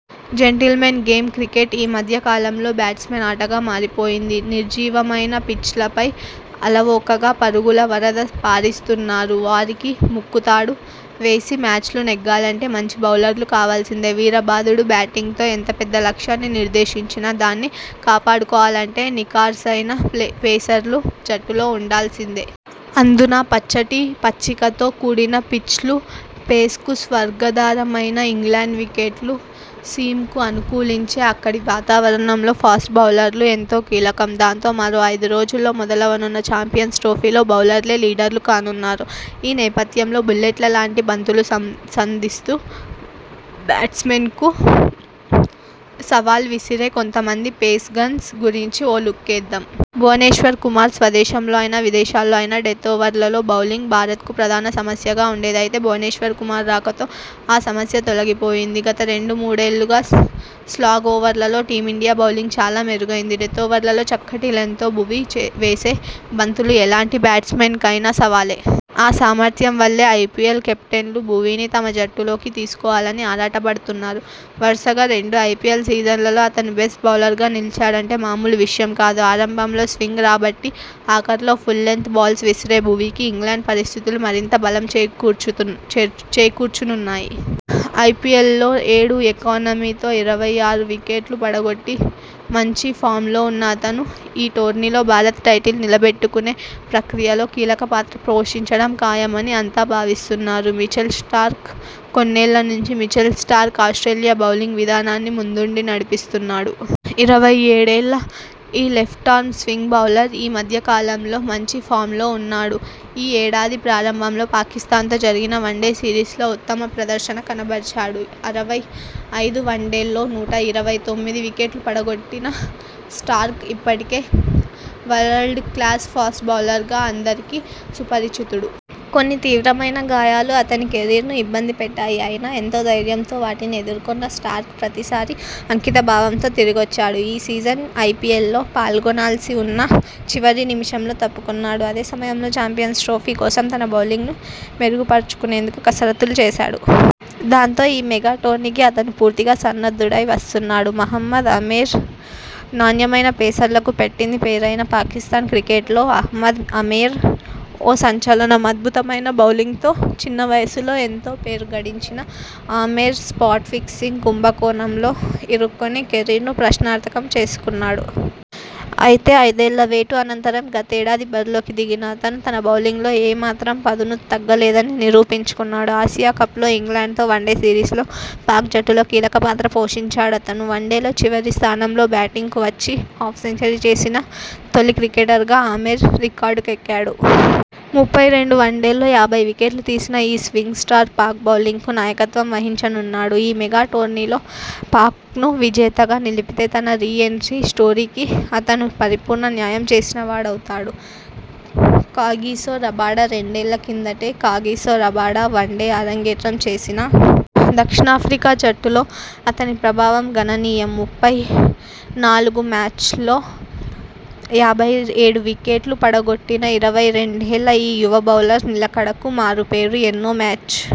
Gentlemen game cricket ఈ మధ్య కాలంలో బ్యాట్స్మెన్ ఆటగా మారిపోయింది! నిర్జీవమైన పిచ్లపై అలవోకగా పరుగుల వరద పారిస్తున్నారు. వారికి ముకుతాడు వేసి మ్యాచ్లు నెగ్గాలంటే మంచి బౌలర్లు కావాల్సిందే..! వీరబాదుడు బ్యాటింగ్తో ఎంత పెద్ద లక్ష్యాన్ని నిర్దేశించినా దాన్ని కాపాడుకోవాలంటే నిఖార్సైన పేసర్లు జట్టులో ఉండాల్సిందే..! అందునా పచ్చటి పచ్చికతో కూడిన పిచ్లు, పేస్కు స్వర్గధామమైన ఇంగ్లండ్ వికెట్లు, సీమ్కు అనుకూలించే అక్కడి వాతావరణంలో ఫాస్ట్ బౌలర్లు ఎంతో కీలకం..! దాంతో, మరో ఐదు రోజుల్లో మొదలవనున్న చాంపియన్స్ ట్రోఫీలో బౌలర్లే లీడర్లు కానున్నారు..! ఈ నేపథ్యంలో బుల్లెట్ల లాంటి బంతులు సంధిస్తూ బ్యాట్స్మెనకు సవాల్ విసిరే కొంతమంది 'పేస్ గన్స్' గురించి ఓ లుక్కేద్దాం. భువనేశ్వర్ కుమార్ స్వదేశంలో అయినా, విదేశాల్లో అయినా డెత్ ఓవర్లలో బౌలింగ్ భారత్కు ప్రధాన సమస్యగా ఉండేది. అయితే, భువనేశ్వర్ కుమార్ రాకతో ఆ సమస్య తొలగి పోయింది. గత రెండు మూడేళ్లుగా స్లాగ్ ఓవర్లలో టీమిండియా బౌలింగ్ చాలా మెరుగైంది. డెత్ ఓవర్లలో చక్కటి లెంత్ తో భువీ వేసే బంతులు ఎలాంటి బ్యాట్స్ మెన్ కైనా సవాలే. ఆ సామర్థ్యం వల్లే ఐ పీ ఎల్ కెప్టెన్లు భువీని తమ జట్టు లోకి తీసుకోవాలని ఆరాటపడుతున్నారు. వరుసగా రెండు ఐ పీ ఎల్ సీజన్లలో అతను బెస్ట్ బౌలర్గా నిలిచాడంటే మామూలు విషయం కాదు. ఆరంభంలో స్వింగ్ రాబట్టి, ఆఖర్లో ఫుల్ లెన్త్ బాల్స్ విసిరే భువీకి ఇంగ్లండ్ పరిస్థితులు మరింత బలం చేకూర్చనున్నాయి. ఐ పీ ఎల్లో ఏడు ఎకానమీ తో ఇరవై ఆరు వికెట్లు పడగొట్టి మంచి ఫామ్లో ఉన్న అతను ఈ టోర్నీలో భారత్ టైటిల్ నిలబెట్టుకునే ప్రక్రియలో కీలక పాత్ర పోషించడం ఖాయమని అంతా భావిస్తున్నారు. మిచెల్ స్టార్క్ కొన్నేళ్ల నుంచి మిచెల్ స్టార్క్ ఆస్ట్రేలియా బౌలింగ్ విభాగాన్ని ముందుండి నడిపిస్తున్నాడు. ఇరవై ఏడు ఏళ్ల ఈ లెఫ్టార్మ్ స్వింగ్ బౌలర్ ఈ మధ్య కాలంలో మంచి ఫామ్లో ఉన్నాడు. ఈ ఏడాది ప్రారంభంలో పాకిస్థాన్తో జరిగిన వన్డే సిరీస్లో ఉత్తమ ప్రదర్శన కనబరిచాడు. అరవై ఐదు వన్డేల్లో నూట ఇరవై తొమ్మిది వికెట్లు పడగొట్టిన స్టార్క్ ఇప్పటికే వరల్డ్ క్లాస్ ఫాస్ట్ బౌలర్గా అందరికీ సుపరిచితుడు. కొన్ని తీవ్రమైన గాయాలు అతని కెరీర్ను ఇబ్బంది పెట్టాయి. అయినా.. ఎంతో ధైర్యంతో వాటిని ఎదుర్కొన్న స్టార్క్ ప్రతీసారి అంకిత భావంతో తిరిగొచ్చాడు. ఈ సీజన్ ఐ పీ ఎల్లో పాల్గొనాల్సివున్నా.. చివరి నిమిషంలో తప్పుకొన్నాడు. అదే సమయంలో చాంపియన్స్ ట్రోఫీ కోసం తన బౌలింగ్ను మెరుగు పరుచుకునేందుకు కసరత్తులు చేశాడు. దాంతో, ఈ మెగా టోర్నీకి అతను పూర్తిగా సన్నద్ధుడై వస్తున్నాడు. మహమ్మద్ ఆమెర్ నాణ్యమైన పేసర్లకు పెట్టింది పేరైన పాకిస్థాన్ క్రికెట్లో మహమ్మద్ ఆమెర్ ఓ సంచలనం. అద్భుతమైన బౌలింగ్తో చిన్న వయసులో ఎంతో పేరు గడించిన ఆమెర్ స్పాట్ -ఫిక్సింగ్ కుంభకోణంలో ఇరుక్కొని కెరీర్ను ప్రశ్నార్థకం చేసుకున్నాడు. అయితే, ఐదేళ్ల వేటు అనంతరం గతేడాది బరిలోకి దిగిన అతను తన బౌలింగ్లో ఏ మాత్రం పదును తగ్గలేదని నిరూపించుకున్నాడు. ఆసియా కప్లో, ఇంగ్లండ్తో వన్డే సిరీస్లో పాక్ జట్టులో కీలక పాత్ర పోషించాడతను. వన్డేల్లో చివరి స్థానంలో బ్యాటింగ్కు వచ్చి హాఫ్ సెంచరీ చేసిన తొలి క్రికెటర్గా ఆమెర్ రికార్డుకెక్కాడు. ముప్పై రెండు వన్డేల్లో యాభై వికెట్లు తీసిన ఈ స్వింగ్ స్టార్ పాక్ బౌలింగ్కు నాయకత్వం వహించనున్నాడు. ఈ మెగా టోర్నీలో పాక్ను విజేతగా నిలిపితే తన రీ ఎంట్రీ స్టోరీకి అతను పరిపూర్ణ న్యాయం చేసినవాడవుతాడు. కాగిసో రబాడ రెండేళ్ల కిందటే కాగిసో రబాడ వన్డే అరంగేట్రం చేసినా.. దక్షిణాఫ్రికా జట్టులో అతని ప్రభావం గణనీయం. ముప్పై నాలుగు మ్యాచ్ల్ లో యాభై ఏడు వికెట్లు పడగొట్టిన ఇరవై రెండు ఏళ్ల ఈ యువ బౌలర్ నిలకడకు మారు పేరు. ఎన్నో మ్యాచ్